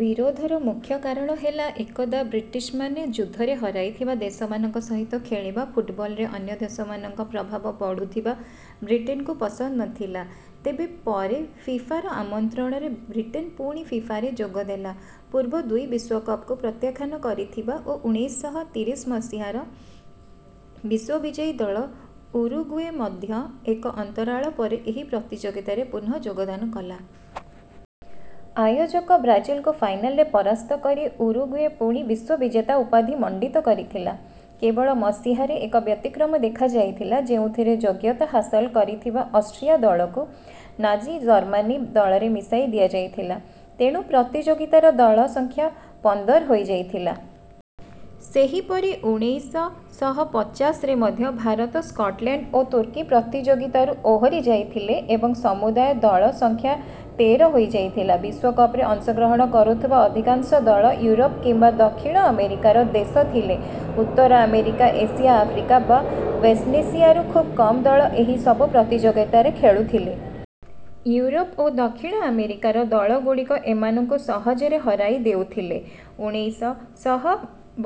ବିରୋଧର ମୁଖ୍ୟ କାରଣ ହେଲା ଏକଦା ବ୍ରିଟିଶ୍ମାନେ ଯୁଦ୍ଧରେ ହରାଇଥିବା ଦେଶମାନଙ୍କ ସହିତ ଖେଳିବା ଫୁଟବଲରେ ଅନ୍ୟ ଦେଶମାନଙ୍କ ପ୍ରଭାବ ବଢ଼ୁଥିବା ବ୍ରିଟେନ୍କୁ ପସନ୍ଦ ନଥିଲା। ତେବେ ପରେ ଫିଫାର ଆମନ୍ତ୍ରଣରେ ବ୍ରିଟେନ୍ ପୁଣି ଫିଫାରେ ଯୋଗ ଦେଲା। ପୂର୍ବ ଦୁଇ ବିଶ୍ୱକପକୁ ପ୍ରତ୍ୟାଖ୍ୟାନ କରିଥିବା ଓ ଉଣେଇଶ ଶହ ତିରିଶ ମସିହାର ବିଶ୍ୱବିଜୟୀ ଦଳ ଉରୁଗୁଏ ମଧ୍ୟ ଏକ ଅନ୍ତରାଳ ପରେ ଏହି ପ୍ରତିଯୋଗିତାରେ ପୁନଃ ଯୋଗଦାନ କଲା। ଆୟୋଜକ ବ୍ରାଜିଲ୍କୁ ଫାଇନାଲରେ ପରାସ୍ତ କରି ଉରୁଗୁଏ ପୁଣି ବିଶ୍ୱବିଜେତା ଉପାଧି ମଣ୍ଡିତ କରିଥିଲା। କେବଳ ମସିହାରେ ଏକ ବ୍ୟତିକ୍ରମ ଦେଖାଯାଇଥିଲା ଯେଉଁଥିରେ ଯୋଗ୍ୟତା ହାସଲ କରିଥିବା ଅଷ୍ଟ୍ରିଆ ଦଳକୁ ନାଜି ଜର୍ମାନୀ ଦଳରେ ମିଶାଇ ଦିଆଯାଇଥିଲା। ତେଣୁ ପ୍ରତିଯୋଗିତାର ଦଳ ସଂଖ୍ୟା ପନ୍ଦର ହୋଇଯାଇଥିଲା। ସେହିପରି ଉଣେଇଶ ଶହ ପଚାଶରେ ମଧ୍ୟ ଭାରତ ସ୍କଟଲ୍ୟାଣ୍ଡ ଓ ତୁର୍କୀ ପ୍ରତିଯୋଗିତାରୁ ଓହରି ଯାଇଥିଲେ ଏବଂ ସମୁଦାୟ ଦଳ ସଂଖ୍ୟା ତେର ହୋଇଯାଇଥିଲା। ବିଶ୍ୱକପରେ ଅଂଶଗ୍ରହଣ କରୁଥିବା ଅଧିକାଂଶ ଦଳ ୟୁରୋପ୍ କିମ୍ବା ଦକ୍ଷିଣ ଆମେରିକାର ଦେଶ ଥିଲେ। ଉତ୍ତର ଆମେରିକା ଏସିଆ ଆଫ୍ରିକା ବା ଓସେନିଆରୁ ଖୁବ୍ କମ୍ ଦଳ ଏହି ସବୁ ପ୍ରତିଯୋଗିତାରେ ଖେଳୁଥିଲେ। ୟୁରୋପ୍ ଓ ଦକ୍ଷିଣ ଆମେରିକାର ଦଳଗୁଡ଼ିକ ଏମାନଙ୍କୁ ସହଜରେ ହରାଇ ଦେଉଥିଲେ। ଉଣେଇଶ ଶହ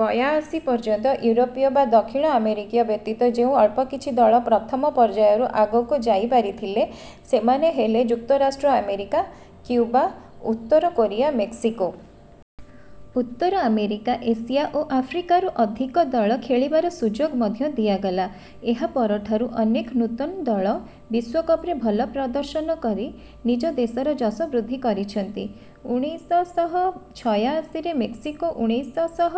ବୟାଅଶୀ ପର୍ଯ୍ୟନ୍ତ ୟୁରୋପୀୟ ବା ଦକ୍ଷିଣ ଆମେରିକୀୟ ବ୍ୟତୀତ ଯେଉଁ ଅଳ୍ପ କିଛି ଦଳ ପ୍ରଥମ ପର୍ଯ୍ୟାୟରୁ ଆଗକୁ ଯାଇପାରିଥିଲେ ସେମାନେ ହେଲେ ଯୁକ୍ତରାଷ୍ଟ୍ର ଆମେରିକା କ୍ୟୁବା ଉତ୍ତର କୋରିଆ ମେକ୍ସିକୋ। ଉତ୍ତର ଆମେରିକା ଏସିଆ ଓ ଆଫ୍ରିକାରୁ ଅଧିକ ଦଳ ଖେଳିବାର ସୁଯୋଗ ମଧ୍ୟ ଦିଆଗଲା। ଏହା ପରଠାରୁ ଅନେକ ନୂତନ ଦଳ ବିଶ୍ୱକପରେ ଭଲ ପ୍ରଦର୍ଶନ କରି ନିଜ ଦେଶର ଯଶ ବୃଦ୍ଧି କରିଛନ୍ତି। ଉଣେଇଶ ଶହ ଛୟାଅଶୀରେ ମେକ୍ସିକୋ ଉଣେଇଶ ଶହ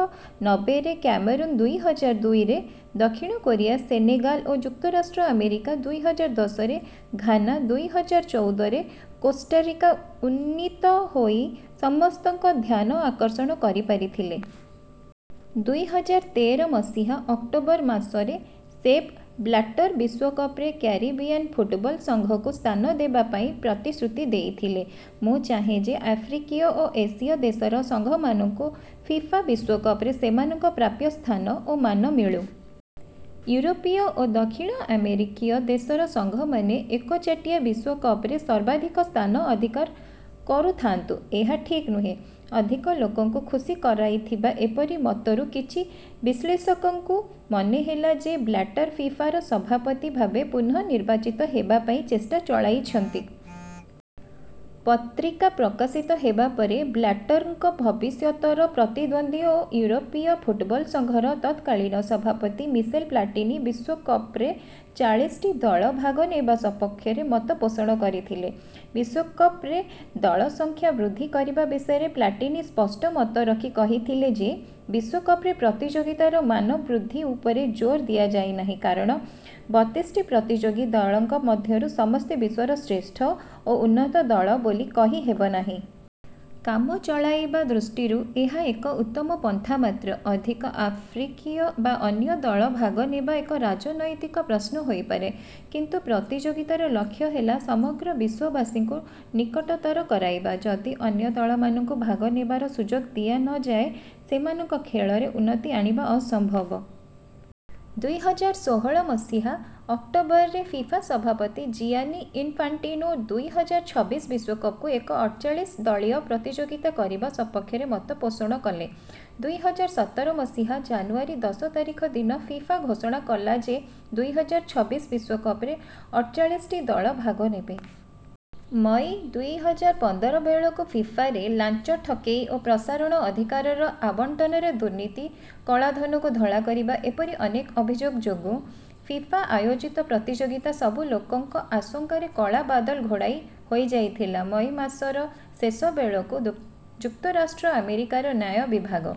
ନବେ ରେ କ୍ୟାମେରୁନ୍ ଦୁଇ ହଜାର ଦୁଇରେ ଦକ୍ଷିଣ କୋରିଆ ସେନେଗାଲ୍ ଓ ଯୁକ୍ତରାଷ୍ଟ୍ର ଆମେରିକା ଦୁଇ ହଜାର ଦଶରେ ଘାନା ଦୁଇ ହଜାର ଚଉଦରେ କୋଷ୍ଟାରିକା ଉନ୍ନୀତ ହୋଇ ସମସ୍ତଙ୍କ ଧ୍ୟାନ ଆକର୍ଷଣ କରିପାରିଥିଲେ। ଦୁଇ ହଜାର ତେର ମସିହା ଅକ୍ଟୋବର ମାସରେ ସେପ୍ ବ୍ଲାଟର୍ ବିଶ୍ୱକପରେ କ୍ୟାରିବିଆନ୍ ଫୁଟବଲ୍ ସଂଘକୁ ସ୍ଥାନ ଦେବା ପାଇଁ ପ୍ରତିଶ୍ରୁତି ଦେଇଥିଲେ । ମୁଁ ଚାହେଁ ଯେ ଆଫ୍ରିକୀୟ ଓ ଏସୀୟ ଦେଶର ସଂଘମାନଙ୍କୁ ଫିଫା ବିଶ୍ୱକପରେ ସେମାନଙ୍କ ପ୍ରାପ୍ୟ ସ୍ଥାନ ଓ ମାନ ମିଳୁ । ୟୁରୋପୀୟ ଓ ଦକ୍ଷିଣ ଆମେରିକୀୟ ଦେଶର ସଂଘମାନେ ଏକଚାଟିଆ ବିଶ୍ୱକପରେ ସର୍ବାଧିକ ସ୍ଥାନ ଅଧିକାର କରୁଥାନ୍ତୁ – ଏହା ଠିକ୍ ନୁହେଁ । ଅଧିକ ଲୋକଙ୍କୁ ଖୁସି କରାଇଥିବା ଏପରି ମତରୁ କିଛି ବିଶ୍ଳେଷକଙ୍କୁ ମନେ ହେଲା ଯେ ବ୍ଲାଟର୍ ଫିଫାର ସଭାପତି ଭାବେ ପୁନଃ ନିର୍ବାଚିତ ହେବା ପାଇଁ ଚେଷ୍ଟା ଚଳାଇଛନ୍ତି । ପତ୍ରିକା ପ୍ରକାଶିତ ହେବା ପରେ ବ୍ଲାଟର୍‍ଙ୍କ ଭବିଷ୍ୟତର ପ୍ରତିଦ୍ୱନ୍ଦୀ ଓ ୟୁରୋପୀୟ ଫୁଟବଲ୍ ସଂଘର ତତ୍କାଳୀନ ସଭାପତି ମିସେଲ୍ ପ୍ଲାଟିନି ବିଶ୍ୱକପରେ ଚାଳିଶଟି ଦଳ ଭାଗ ନେବା ସପକ୍ଷରେ ମତ ପୋଷଣ କରିଥିଲେ । ବିଶ୍ୱକପରେ ଦଳ ସଂଖ୍ୟା ବୃଦ୍ଧି କରିବା ବିଷୟରେ ପ୍ଲାଟିନି ସ୍ପଷ୍ଟ ମତ ରଖି କହିଥିଲେ ଯେ – ବିଶ୍ୱକପରେ ପ୍ରତିଯୋଗିତାର ମାନ ବୃଦ୍ଧି ଉପରେ ଜୋର୍ ଦିଆଯାଏ ନାହିଁ କାରଣ ବତିଶଟି ପ୍ରତିଯୋଗୀ ଦଳଙ୍କ ମଧ୍ୟରୁ ସମସ୍ତେ ବିଶ୍ୱର ଶ୍ରେଷ୍ଠ ଓ ଉନ୍ନତ ଦଳ ବୋଲି କହିହେବ ନାହିଁ । କାମ ଚଳାଇବା ଦୃଷ୍ଟିରୁ ଏହା ଏକ ଉତ୍ତମ ପନ୍ଥା ମାତ୍ର । ଅଧିକ ଆଫ୍ରିକୀୟ ବା ଅନ୍ୟ ଦଳ ଭାଗ ନେବା ଏକ ରାଜନୈତିକ ପ୍ରଶ୍ନ ହୋଇପାରେ । କିନ୍ତୁ ପ୍ରତିଯୋଗିତାର ଲକ୍ଷ୍ୟ ହେଲା ସମଗ୍ର ବିଶ୍ୱବାସୀଙ୍କୁ ନିକଟତର କରାଇବା । ଯଦି ଅନ୍ୟ ଦଳମାନଙ୍କୁ ଭାଗ ନେବାର ସୁଯୋଗ ଦିଆ ନଯାଏ, ସେମାନଙ୍କ ଖେଳରେ ଉନ୍ନତି ଆଣିବା ଅସମ୍ଭବ । ଦୁଇ ହଜାର ଷୋହଳ ମସିହା ଅକ୍ଟୋବରରେ ଫିଫା ସଭାପତି ଜିଆନି ଇନ୍‍ଫାଣ୍ଟିନୋ ଦୁଇ ହଜାର ଛବିଶ ବିଶ୍ୱକପକୁ ଏକ ଅଠଚାଳିଶ ଦଳୀୟ ପ୍ରତିଯୋଗିତା କରିବା ସପକ୍ଷରେ ମତ ପୋଷଣ କଲେ । ଦୁଇ ହଜାର ସତର ମସିହା ଜାନୁଆରୀ ଦଶ ତାରିଖ ଦିନ ଫିଫା ଘୋଷଣା କଲା ଯେ ଦୁଇ ହଜାର ଛବିଶ ବିଶ୍ୱକପରେ ଅଠଚାଳିଶଟି ଦଳ ଭାଗ ନେବେ । ମଇ ଦୁଇ ହଜାର ପନ୍ଦର ବେଳକୁ ଫିଫାରେ ଲାଞ୍ଚ, ଠକେଇ ଓ ପ୍ରସାରଣ ଅଧିକାରର ଆବଣ୍ଟନରେ ଦୁର୍ନିତି, କଳାଧନକୁ ଧଳା କରିବା – ଏପରି ଅନେକ ଅଭିଯୋଗ ଯୋଗୁଁ ଫିଫା ଆୟୋଜିତ ପ୍ରତିଯୋଗିତା ସବୁ ଲୋକଙ୍କ ଆଶଙ୍କାର କଳା ବାଦଲ ଘୋଡ଼ାଇ ହୋଇଯାଇଥିଲା ମଇ ମାସର ଶେଷ ବେଳକୁ ଯୁକ୍ତରାଷ୍ଟ୍ର ଆମେରିକାର ନ୍ୟାୟ ବିଭାଗ